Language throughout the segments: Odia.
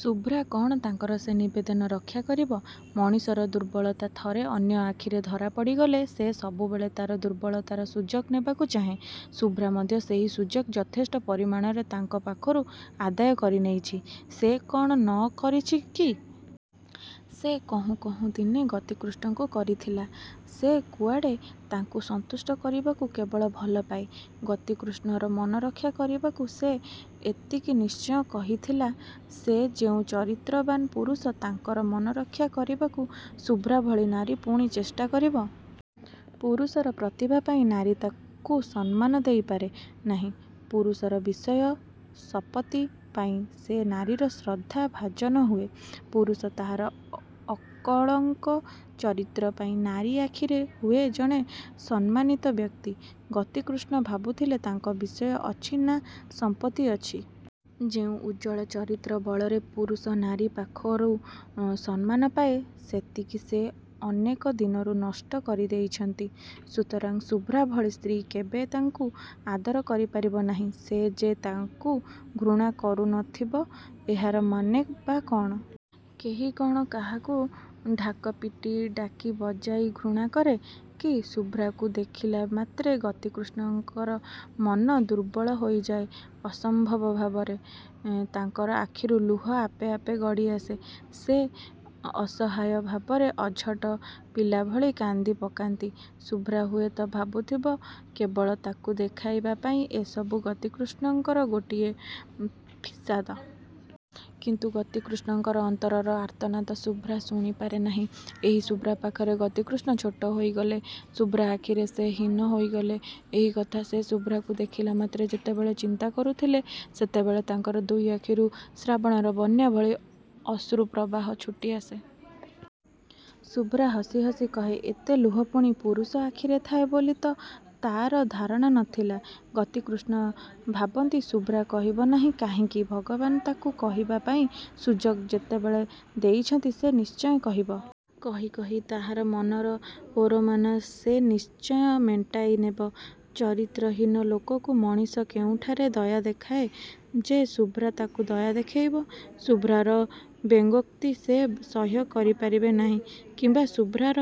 ଶୁଭ୍ରା କ'ଣ ତାଙ୍କର ସେ ନିବେଦନ ରକ୍ଷା କରିବ? ମଣିଷର ଦୁର୍ବଳତା ଥରେ ଅନ୍ୟ ଆଖିରେ ଧରା ପଡ଼ିଗଲେ ସେ ସବୁବେଳେ ତା'ର ଦୁର୍ବଳତାର ସୁଯୋଗ ନେବାକୁ ଚାହେଁ। ଶୁଭ୍ରା ମଧ୍ୟ ସେହି ସୁଯୋଗ ଯଥେଷ୍ଟ ପରିମାଣରେ ତାଙ୍କ ପାଖରୁ ଆଦାୟ କରିନେଇଛି। ସେ କ'ଣ ନ କରିଛି କି? ସେ କହୁଁ କହୁଁ ଦିନେ ଗତିକୃଷ୍ଣଙ୍କୁ କରିଥିଲା, ''ସେ କୁଆଡ଼େ ତାଙ୍କୁ ସନ୍ତୁଷ୍ଟ କରିବାକୁ କେବଳ ଭଲପାଏ। '' ଗତିକୃଷ୍ଣର ମନରକ୍ଷା କରିବାକୁ ସେ ଏତିକି ନିଶ୍ଚୟ କହିଥିଲା। ସେ ଯେଉଁ ଚରିତ୍ରବାନ ପୁରୁଷ, ତାଙ୍କର ମନରକ୍ଷା କରିବାକୁ ଶୁଭ୍ରା ଭଳି ନାରୀ ପୁଣି ଚେଷ୍ଟା କରିବ? ପୁରୁଷର ପ୍ରତିଭା ପାଇଁ ନାରୀ ତାକୁ ସମ୍ମାନ ଦେଇପାରେ ନାହିଁ। ପୁରୁଷର ବିଷୟ, ସପତ୍ତି ପାଇଁ ସେ ନାରୀର ଶ୍ରଦ୍ଧା ଭାଜନ ହୁଏ। ପୁରୁଷ ତାହାର ଅକଳଙ୍କ ଚରିତ୍ର ପାଇଁ ନାରୀ ଆଖିରେ ହୁଏ ଜଣେ ସମ୍ମାନିତ ବ୍ୟକ୍ତି-। ଗତିକୃଷ୍ଣ ଭାବୁଥିଲେ ତାଙ୍କର ବିଷୟ ଅଛି ନା ସମ୍ପତ୍ତି ଅଛି? ଯେଉଁ ଉଜ୍ଜ୍ୱଳ ଚରିତ୍ର ବଳରେ ପୁରୁଷ ନାରୀ ପାଖରୁ ସମ୍ମାନ ପାଏ, ସେତିକି ସେ ଅନେକ ଦିନରୁ ନଷ୍ଟ କରିଦେଇଛନ୍ତି। ସୁତରାଂ ଶୁଭ୍ରା ଭଳି ସ୍ତ୍ରୀ କେବେ ତାଙ୍କୁ ଆଦର କରିପାରିବ ନାହିଁ। ସେ ଯେ ତାଙ୍କୁ ଘୃଣା କରୁନଥିବ ଏହାର ମାନେ ବା କ'ଣ? କେହି କ'ଣ କାହାକୁ ଢାକ ପିଟି, ଡାକି ବଜାଇ ଘୃଣା କରେ କି? ଶୁଭ୍ରାକୁ ଦେଖିଲାମାତ୍ରେ ଗତିକୃଷ୍ଣର ମନ ଦୁର୍ବଳ ହୋଇଯାଏ ଅସମ୍ଭବ ଭାବରେ। ତାଙ୍କର ଆଖିରୁ ଲୁହ ଆପେ ଆପେ ଗଡ଼ିଆସେ। ସେ ଅସହାୟ ଭାବରେ ଅଝଟ ପିଲାଭଳି କାନ୍ଦିପକାନ୍ତି। ଶୁଭ୍ରା ହୁଏତ ଭାବୁଥିବ କେବଳ ତାକୁ ଦେଖାଇବା ପାଇଁ ଏସବୁ ଗତିକୃଷ୍ଣର ଗୋଟିଏ ଫିସାଦ। କିନ୍ତୁ ଗତିକୃଷ୍ଣର ଅନ୍ତରର ଆର୍ତ୍ତନାଦ ଶୁଭ୍ରା ଶୁଣିପାରେ ନାହିଁ। ଏହି ଶୁଭ୍ରା ପାଖରେ ଗତିକୃଷ୍ଣ ଛୋଟ ହୋଇଗଲେ। ଶୁଭ୍ରା ଆଖିରେ ସେ ହୀନ ହୋଇଗଲେ। ଏହି କଥା ସେ ଶୁଭ୍ରାକୁ ଦେଖିଲା ମାତ୍ରେ ଯେତେବେଳେ ଚିନ୍ତା କରୁଥିଲେ, ସେତେବେଳେ ତାଙ୍କର ଦୁଇ ଆଖିରୁ ଶ୍ରାବଣର ବନ୍ୟା ଭଳି ଅଶ୍ରୁ ପ୍ରବାହ ଛୁଟିଆସେ। ଶୁଭ୍ରା ହସି ହସି କହେ, ''ଏତେ ଲୁହ ପୁଣି ପୁରୁଷ ଆଖିରେ ଥାଏ ବୋଲି ତ ତା'ର ଧାରଣା ନ ଥିଲା। '' ଗତିକୃଷ୍ଣ ଭାବନ୍ତି ଶୁଭ୍ରା କହିବ ନାହିଁ କାହିଁକି? ଭଗବାନ ତାକୁ କହିବା ପାଇଁ ସୁଯୋଗ ଯେତେବେଳେ ଦେଇଛନ୍ତି ସେ ନିଶ୍ଚୟ କହିବ। କହି କହି ତାହାର ମନର ଓରମାନ ସେ ନିଶ୍ଚୟ ମେଣ୍ଟାଇନେବ। ଚରିତ୍ରହୀନ ଲୋକକୁ ମଣିଷ କେଉଁଠାରେ ଦୟା ଦେଖାଏ ଯେ ଶୁଭ୍ରା ତାଙ୍କୁ ଦୟା ଦେଖାଇବ? ଶୁଭ୍ରାର ବ୍ୟଙ୍ଗୋକ୍ତି ସେ ସହ୍ୟ କରିପାରିବେ ନାହିଁ କିମ୍ବା ଶୁଭ୍ରାର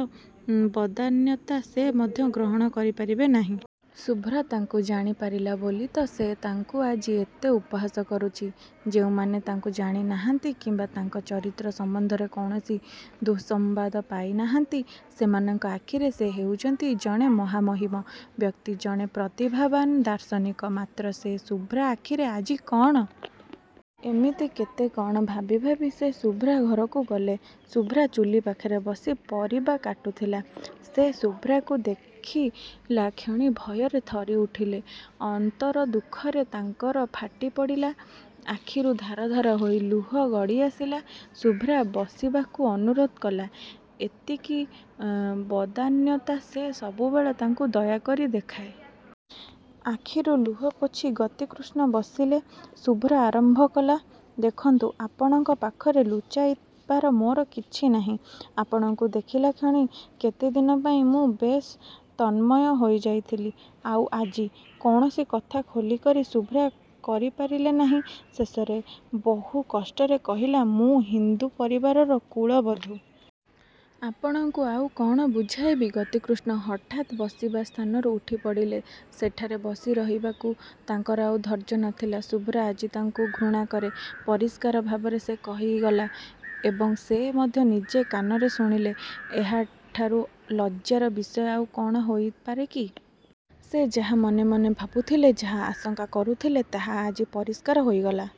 ବଦାନ୍ୟତା ସେ ମଧ୍ୟ ଗ୍ରହଣ କରିପାରିବେ ନାହିଁ। ଶୁଭ୍ରା ତାଙ୍କୁ ଜାଣିପାରିଲା ବୋଲି ତ ସେ ତାଙ୍କୁ ଆଜି ଏତେ ଉପହାସ କରୁଛି। ଯେଉଁମାନେ ତାଙ୍କୁ ଜାଣିନାହାନ୍ତି କିମ୍ବା ତାଙ୍କ ଚରିତ୍ର ସମ୍ବନ୍ଧରେ କୌଣସି ଦୁଃସମ୍ବାଦ ପାଇନାହାନ୍ତି ସେମାନଙ୍କ ଆଖିରେ ସେ ହେଇଛନ୍ତି ଜଣେ ମହାମହିମ ବ୍ୟକ୍ତି। ଜଣେ ପ୍ରତିଭାବାନ ଦାର୍ଶନିକ। ମାତ୍ର ସେ ଶୁଭ୍ରା ଆଖିରେ ଆଜି କ'ଣ? ଏମିତି କେତେ କ'ଣ ଭାବିଭାବି ସେ ଶୁଭ୍ରା ଘରକୁ ଗଲେ। ଶୁଭ୍ରା ଚୁଲି ପାଖରେ ବସି ପରିବା କାଟୁଥିଲା। ସେ ଶୁଭ୍ରାକୁ ଦେଖିଲାକ୍ଷଣି ଭୟରେ ଥରିଉଠିଲେ। ଅନ୍ତର ଦୁଃଖରେ ତାଙ୍କର ଫାଟିପଡ଼ିଲା। ଆଖିରୁ ଧାର ଧାର ହୋଇ ଲୁହ ଗଡ଼ିଆସିଲା। ଶୁଭ୍ରା ବସିବାକୁ ଅନୁରୋଧ କଲା, ଏତିକି ବଦାନ୍ୟତା ସେ ସବୁବେଳେ ତାଙ୍କୁ ଦୟାକରି ଦେଖାଏ। ଆଖିରୁ ଲୁହପୋଛି ଗତିକୃଷ୍ଣ ବସିଲେ। ଶୁଭ୍ରା ଆରମ୍ଭ କଲା, ''ଦେଖନ୍ତୁ! ଆପଣଙ୍କ ପାଖରେ ଲୁଚାଇବାର ମୋର କିଛି ନାହିଁ। ଆପଣଙ୍କୁ ଦେଖିଲାକ୍ଷଣି କେତେଦିନ ପାଇଁ ମୁଁ ବେଶ୍ ତନ୍ମୟ ହୋଇଯାଇଥିଲି। ଆଉ ଆଜି। '' କୌଣସି କଥା ଖୋଲିକରି ଶୁଭ୍ରା କରିପାରିଲେ ନାହିଁ। ଶେଷରେ ବହୁ କଷ୍ଟରେ କହିଲା, ''ମୁଁ ହିନ୍ଦୁ ପରିବାରର କୁଳ-ବଧୂ। ଆପଣଙ୍କୁ ଆଉ କ'ଣ ବୁଝାଇବି। '' ଗତିକୃଷ୍ଣ ହଠାତ୍ ବସିବା ସ୍ଥାନରୁ ଉଠିପଡ଼ିଲେ। ସେଠାରେ ବସିରହିବାକୁ ତାଙ୍କର ଆଉ ଧୈର୍ଯ୍ୟ ନ ଥିଲା। ଶୁଭ୍ରା ଆଜି ତାଙ୍କୁ ଘୃଣାକରେ। ପରିଷ୍କାର ଭାବରେ ସେ କହିଗଲା ଏବଂ ସେ ମଧ୍ୟ ନିଜେ କାନରେ ଶୁଣିଲେ। ଏହାଠାରୁ ଲଜ୍ଜାର ବିଷୟ ଆଉ କ'ଣ ଥାଇପାରେ କି? ସେ ଯାହା ମନେମନେ ଭାବୁଥିଲେ, ଯାହା ଆଶଙ୍କା କରୁଥିଲେ ତାହା ଆଜି ପରିଷ୍କାର ହୋଇଗଲା।